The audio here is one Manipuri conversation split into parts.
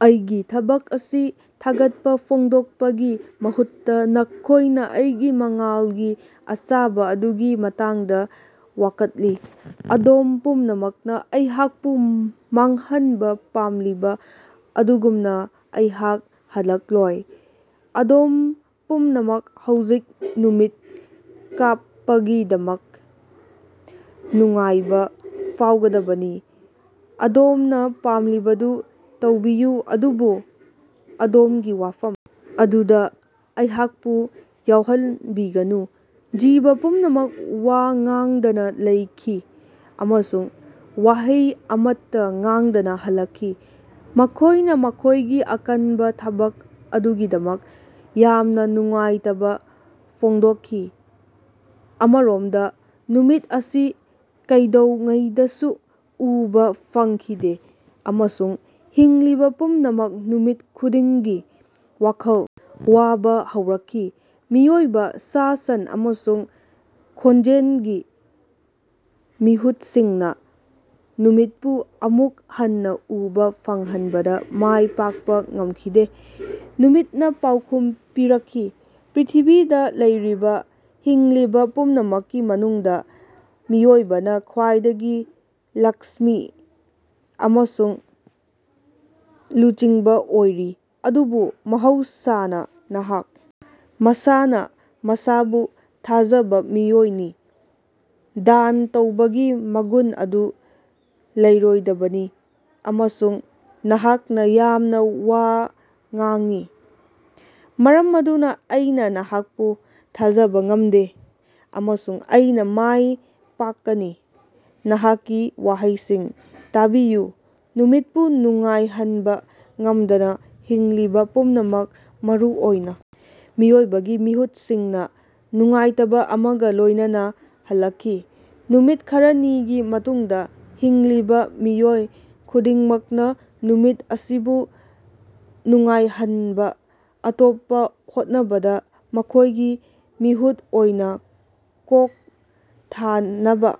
ꯑꯩꯒꯤ ꯊꯕꯛ ꯑꯁꯤ ꯊꯥꯒꯠꯄꯥ ꯐꯣꯡꯗꯣꯛꯄꯒꯤ ꯃꯍꯨꯠꯇꯥ ꯅꯈꯣꯏꯅꯥ ꯑꯩꯒꯤ ꯃꯉꯥꯜꯒꯤ ꯑꯁꯥꯕꯥ ꯑꯗꯨꯒꯤ ꯃꯇꯥꯡꯗꯥ ꯋꯥꯀꯠꯂꯤ꯫ꯑꯗꯣꯝ ꯄꯨꯝꯅꯃꯛꯅꯥ ꯑꯩꯍꯥꯛꯄꯨ ꯃꯥꯡꯍꯟꯕꯥ ꯄꯥꯝꯈꯤꯕꯥ ꯑꯗꯨꯒꯨꯝꯅꯥ ꯑꯩꯍꯥꯛ ꯍꯜꯂꯛꯂꯣꯏ꯫ ꯑꯗꯣꯝ ꯄꯨꯝꯅꯃꯛ ꯍꯧꯖꯤꯛ ꯅꯨꯃꯤꯠ ꯀꯥꯞꯄꯒꯤꯗꯃꯛ ꯅꯨꯡꯉꯥꯏꯕꯥ ꯐꯥꯎꯒꯗꯕꯅꯤ꯫ ꯑꯗꯣꯝꯅꯥ ꯄꯥꯝꯂꯤꯕꯗꯨ ꯇꯧꯕꯤꯌꯨ ꯑꯗꯨꯕꯨ ꯑꯗꯣꯝꯒꯤ ꯋꯥꯐꯝ ꯑꯗꯨꯗꯥ ꯑꯩꯍꯥꯛꯄꯨ ꯌꯥꯎꯍꯟꯕꯤꯒꯅꯨ꯫ ꯖꯤꯕ ꯄꯨꯝꯅꯃꯛ ꯋꯥ ꯉꯥꯡꯗꯅꯥ ꯂꯩꯈꯤ ꯑꯃꯁꯨꯡ ꯋꯥꯍꯩ ꯑꯃꯠꯇꯥ ꯉꯥꯡꯗꯅꯥ ꯍꯜꯂꯛꯈꯤ꯫ ꯃꯈꯣꯏꯅꯥ ꯃꯈꯣꯏꯒꯤ ꯑꯀꯟꯕꯥ ꯊꯕꯛ ꯑꯗꯨꯒꯤꯗꯃꯛ ꯌꯥꯝꯅꯥ ꯅꯨꯡꯉꯥꯏꯇꯕꯥ ꯐꯣꯡꯗꯣꯛꯈꯤ꯫ ꯑꯃꯔꯣꯝꯗꯥ ꯅꯨꯃꯤꯠ ꯑꯁꯤ ꯀꯩꯗꯧꯉꯩꯗꯁꯨ ꯎꯕꯥ ꯐꯪꯈꯤꯗꯦ ꯑꯃꯁꯨꯡ ꯍꯤꯡꯂꯤꯕꯥ ꯄꯨꯝꯅꯃꯛ ꯅꯨꯃꯤꯠ ꯈꯨꯗꯤꯡꯒꯤ ꯋꯥꯈꯜ ꯋꯥꯕꯥ ꯍꯧꯔꯛꯈꯤ꯫ ꯃꯤꯑꯣꯏꯕ, ꯁꯥ ꯁꯟ ꯑꯃꯁꯨꯡ ꯈꯣꯟꯖꯦꯜꯒꯤ ꯃꯤꯍꯨꯠꯁꯤꯡꯅꯥ ꯅꯨꯃꯤꯠꯄꯨ ꯑꯃꯨꯛ ꯍꯟꯅꯥ ꯎꯕꯥ ꯐꯪꯍꯟꯕꯗꯥ ꯃꯥꯏ ꯄꯥꯛꯄꯥ ꯉꯝꯈꯤꯗꯦ꯫ ꯅꯨꯃꯤꯠꯅꯥ ꯄꯥꯎꯈꯨꯝ ꯄꯤꯔꯛꯈꯤ ꯄ꯭ꯔ꯭ꯤꯊꯤꯕꯤꯗꯥ ꯂꯩꯔꯤꯕꯥ ꯍꯤꯡꯂꯤꯕꯥ ꯄꯨꯝꯅꯃꯛꯀꯤ ꯃꯅꯨꯡꯗꯥ ꯃꯤꯑꯣꯏꯕꯅꯥ ꯈ꯭ꯋꯥꯏꯗꯒꯤ ꯂꯛꯁ꯭ꯃꯤ ꯑꯃꯁꯨꯡ ꯂꯨꯆꯤꯡꯕꯥ ꯑꯣꯏꯔꯤ꯫ ꯑꯗꯨꯕꯨ ꯃꯍꯧꯁꯥꯅꯥ ꯅꯍꯥꯛ ꯃꯁꯥꯅꯥ ꯃꯁꯥꯕꯨ ꯊꯥꯖꯖꯕꯥ ꯃꯤꯑꯣꯏꯅꯤ ꯗꯥꯟ ꯇꯧꯕꯒꯤ ꯃꯒꯨꯟ ꯑꯗꯨ ꯂꯩꯔꯣꯏꯗꯕꯅꯤ ꯑꯃꯁꯨꯡ ꯅꯍꯥꯛꯅꯥ ꯌꯥꯝꯅꯥ ꯋꯥ ꯉꯥꯡꯏ꯫ ꯃꯔꯝ ꯑꯗꯨꯅꯥ ꯑꯩꯅꯥ ꯅꯍꯥꯛꯄꯨ ꯊꯥꯖꯕꯥ ꯉꯝꯗꯦ ꯑꯃꯁꯨꯡ ꯑꯩꯅꯥ ꯃꯥꯏ ꯄꯥꯛꯀꯅꯤ꯫ ꯅꯍꯥꯛꯀꯤ ꯋꯥꯍꯩꯁꯤꯡ ꯇꯥꯕꯤꯌꯨ꯫ ꯅꯨꯃꯤꯠꯄꯨ ꯅꯨꯡꯉꯥꯏꯍꯟꯕꯥ ꯉꯝꯗꯅꯥ ꯍꯤꯡꯂꯤꯕꯥ ꯄꯨꯝꯅꯃꯛ ꯃꯔꯨꯑꯣꯏꯅꯥ ꯃꯤꯑꯣꯏꯕꯒꯤ ꯃꯤꯍꯨꯠꯁꯤꯡꯅꯥ ꯅꯨꯡꯉꯥꯏꯇꯕꯥ ꯑꯃꯒꯥ ꯂꯣꯏꯅꯅꯥ ꯍꯜꯂꯛꯈꯤ꯫ ꯅꯨꯃꯤꯠ ꯈꯔꯅꯤꯒꯤ ꯃꯇꯨꯡꯗꯥ ꯍꯤꯡꯂꯤꯕꯥ ꯃꯤꯑꯣꯏ ꯈꯨꯗꯤꯡꯃꯛꯅꯥ ꯅꯨꯃꯤꯠ ꯑꯁꯤꯕꯨ ꯅꯨꯡꯉꯥꯏꯍꯟꯅꯕꯥ ꯑꯇꯣꯞꯄꯥ ꯍꯣꯠꯅꯕꯗꯥ ꯃꯈꯣꯏꯒꯤ ꯃꯤꯍꯨꯠ ꯑꯣꯏꯅꯥ ꯀꯣꯛ ꯊꯥꯅꯕꯥ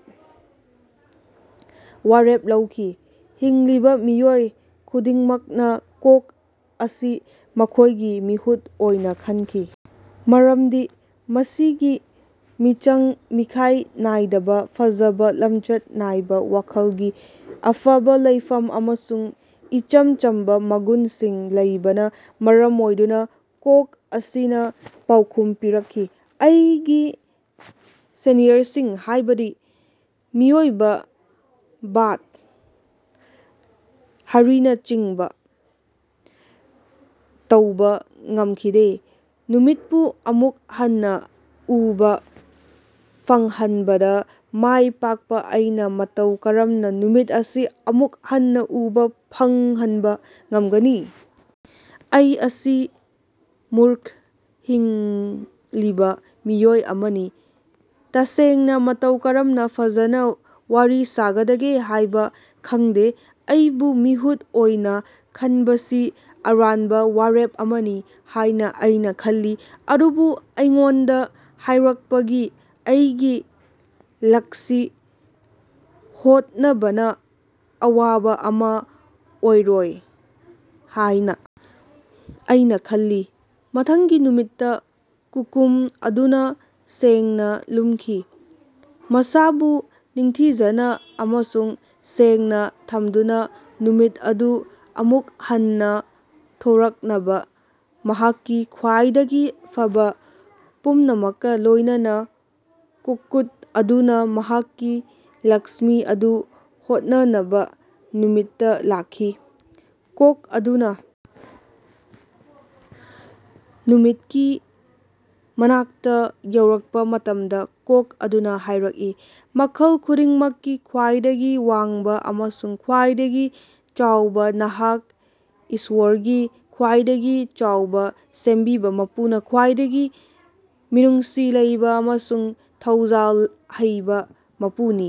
ꯋꯥꯔꯦꯞ ꯂꯧꯈꯤ꯫ ꯍꯤꯡꯂꯤꯕꯥ ꯃꯤꯑꯣꯏ ꯈꯨꯗꯤꯡꯃꯛꯅꯥ ꯀꯣꯛ ꯑꯁꯤ ꯃꯈꯣꯏꯒꯤ ꯃꯤꯍꯨꯠ ꯑꯣꯏꯅꯥ ꯈꯟꯈꯤ ꯃꯔꯝꯗꯤ ꯃꯁꯤꯒꯤ ꯃꯤꯆꯪ ꯃꯤꯈꯥꯏ ꯅꯥꯏꯗꯕꯥ ꯐꯖꯕꯥ ꯂꯝꯆꯠ ꯅꯥꯏꯕꯥ ꯋꯥꯈꯜꯒꯤ ꯑꯐꯕꯥ ꯂꯩꯐꯝ ꯑꯃꯁꯨꯡ ꯏꯆꯝ ꯆꯝꯕꯥ ꯃꯒꯨꯟꯁꯤꯡ ꯂꯩꯕꯅꯥ ꯃꯔꯝ ꯑꯣꯏꯗꯨꯅꯥ ꯀꯣꯛ ꯑꯁꯤꯅꯥ ꯄꯥꯎꯈꯨꯝ ꯄꯤꯔꯛꯈꯤ ꯑꯩꯒꯤ ꯁꯦꯅꯤꯌꯔꯁꯤꯡ ꯍꯥꯏꯕꯗꯤ ꯃꯤꯑꯣꯏꯕꯥ ꯕꯥꯘ ꯍꯔꯤꯅꯆꯤꯡꯕꯥ ꯇꯧꯕꯥ ꯉꯝꯈꯤꯗꯦ ꯅꯨꯃꯤꯠꯄꯨ ꯑꯃꯨꯛ ꯍꯟꯅꯥ ꯎꯕꯥ ꯐꯪꯍꯟꯕꯗꯥ ꯃꯥꯏ ꯄꯥꯛꯄꯥ ꯑꯩꯅꯥ ꯃꯇꯧ ꯀꯔꯝꯅꯥ ꯅꯨꯃꯤꯠ ꯑꯁꯤ ꯑꯃꯨꯛ ꯍꯟꯅꯥ ꯎꯕꯥ ꯐꯪꯍꯟꯕꯥ ꯉꯝꯒꯅꯤ? ꯑꯩ ꯑꯁꯤ ꯃꯨꯔꯈ ꯍꯤꯡꯂꯤꯕꯥ ꯃꯤꯑꯣꯏ ꯑꯃꯅꯤ ꯇꯁꯦꯡꯅꯥ ꯃꯇꯧ ꯀꯔꯝꯅꯥ ꯐꯖꯅꯥ ꯋꯥꯔꯤ ꯁꯥꯒꯗꯒꯦ ꯍꯥꯏꯕꯥ ꯈꯪꯗꯦ꯫ ꯑꯩꯕꯨ ꯃꯤꯍꯨꯠ ꯑꯣꯏꯅꯥ ꯈꯟꯕꯁꯤ ꯑꯔꯥꯟꯕꯥ ꯋꯥꯔꯦꯞ ꯑꯃꯅꯤ ꯍꯥꯏꯅꯥ ꯑꯩꯅꯥ ꯈꯜꯂꯤ꯫ ꯑꯗꯨꯕꯨꯑꯩꯉꯣꯟꯗꯥ ꯍꯥꯏꯔꯛꯄꯗꯒꯤ ꯑꯩꯒꯤ ꯂꯛꯁꯤ ꯍꯣꯠꯅꯕꯅꯥ ꯑꯋꯥꯕꯥ ꯑꯃꯥ ꯑꯣꯏꯔꯣꯏ ꯍꯥꯏꯅꯥ ꯑꯩꯅꯥ ꯈꯜꯂꯤ꯫ ꯃꯊꯪꯒꯤ ꯅꯨꯃꯤꯠꯇꯥ ꯀꯨꯀꯨꯝ ꯑꯗꯨꯅꯥ ꯁꯦꯡꯅꯥ ꯂꯨꯝꯈꯤ꯫ ꯃꯁꯥꯕꯨ ꯅꯤꯡꯊꯤꯖꯅꯥ ꯑꯃꯁꯨꯡ ꯁꯦꯡꯅꯥ ꯊꯝꯗꯨꯅꯥ ꯅꯨꯃꯤꯠ ꯑꯗꯨ ꯑꯃꯨꯛ ꯍꯟꯅꯥ ꯊꯣꯔꯛꯅꯕꯥ ꯃꯍꯥꯛꯀꯤ ꯈ꯭ꯋꯥꯏꯗꯒꯤ ꯐꯕꯥ ꯄꯨꯝꯅꯃꯛꯀꯥ ꯂꯣꯏꯅꯅꯥ ꯀꯨꯛꯀꯨꯠ ꯑꯗꯨꯅꯥ ꯃꯍꯥꯛꯀꯤ ꯂꯛꯁ꯭ꯃꯤ ꯑꯗꯨ ꯍꯣꯠꯅꯅꯕꯥ ꯅꯨꯃꯤꯠꯇꯥ ꯂꯥꯛꯈꯤ꯫ ꯀꯣꯛ ꯑꯗꯨꯅꯥ ꯅꯨꯃꯤꯠꯀꯤ ꯃꯅꯥꯛꯇꯥ ꯌꯧꯔꯛꯄꯥ ꯃꯇꯝꯗꯥ ꯀꯣꯛ ꯑꯗꯨꯅꯥ ꯍꯥꯏꯔꯛꯏ ꯃꯈꯜ ꯈꯨꯗꯤꯡꯃꯛꯀꯤ ꯈ꯭ꯋꯥꯏꯗꯒꯤ ꯋꯥꯡꯕꯥ ꯑꯃꯁꯨꯡ ꯈ꯭ꯋꯥꯏꯗꯒꯤ ꯆꯥꯎꯕꯥ ꯅꯍꯥꯛ ꯏꯁ꯭ꯋꯣꯔꯒꯤ ꯈ꯭ꯋꯥꯏꯗꯒꯤ ꯆꯥꯎꯕꯥ ꯁꯦꯝꯕꯤꯕꯥ ꯃꯄꯨꯅꯤ ꯈ꯭ꯋꯥꯏꯗꯒꯤ ꯃꯤꯅꯨꯡꯁꯤ ꯂꯩꯕꯥ ꯑꯃꯁꯨꯡ ꯊꯧꯖꯥꯜ ꯍꯩꯕꯥ ꯃꯄꯨꯅꯤ꯫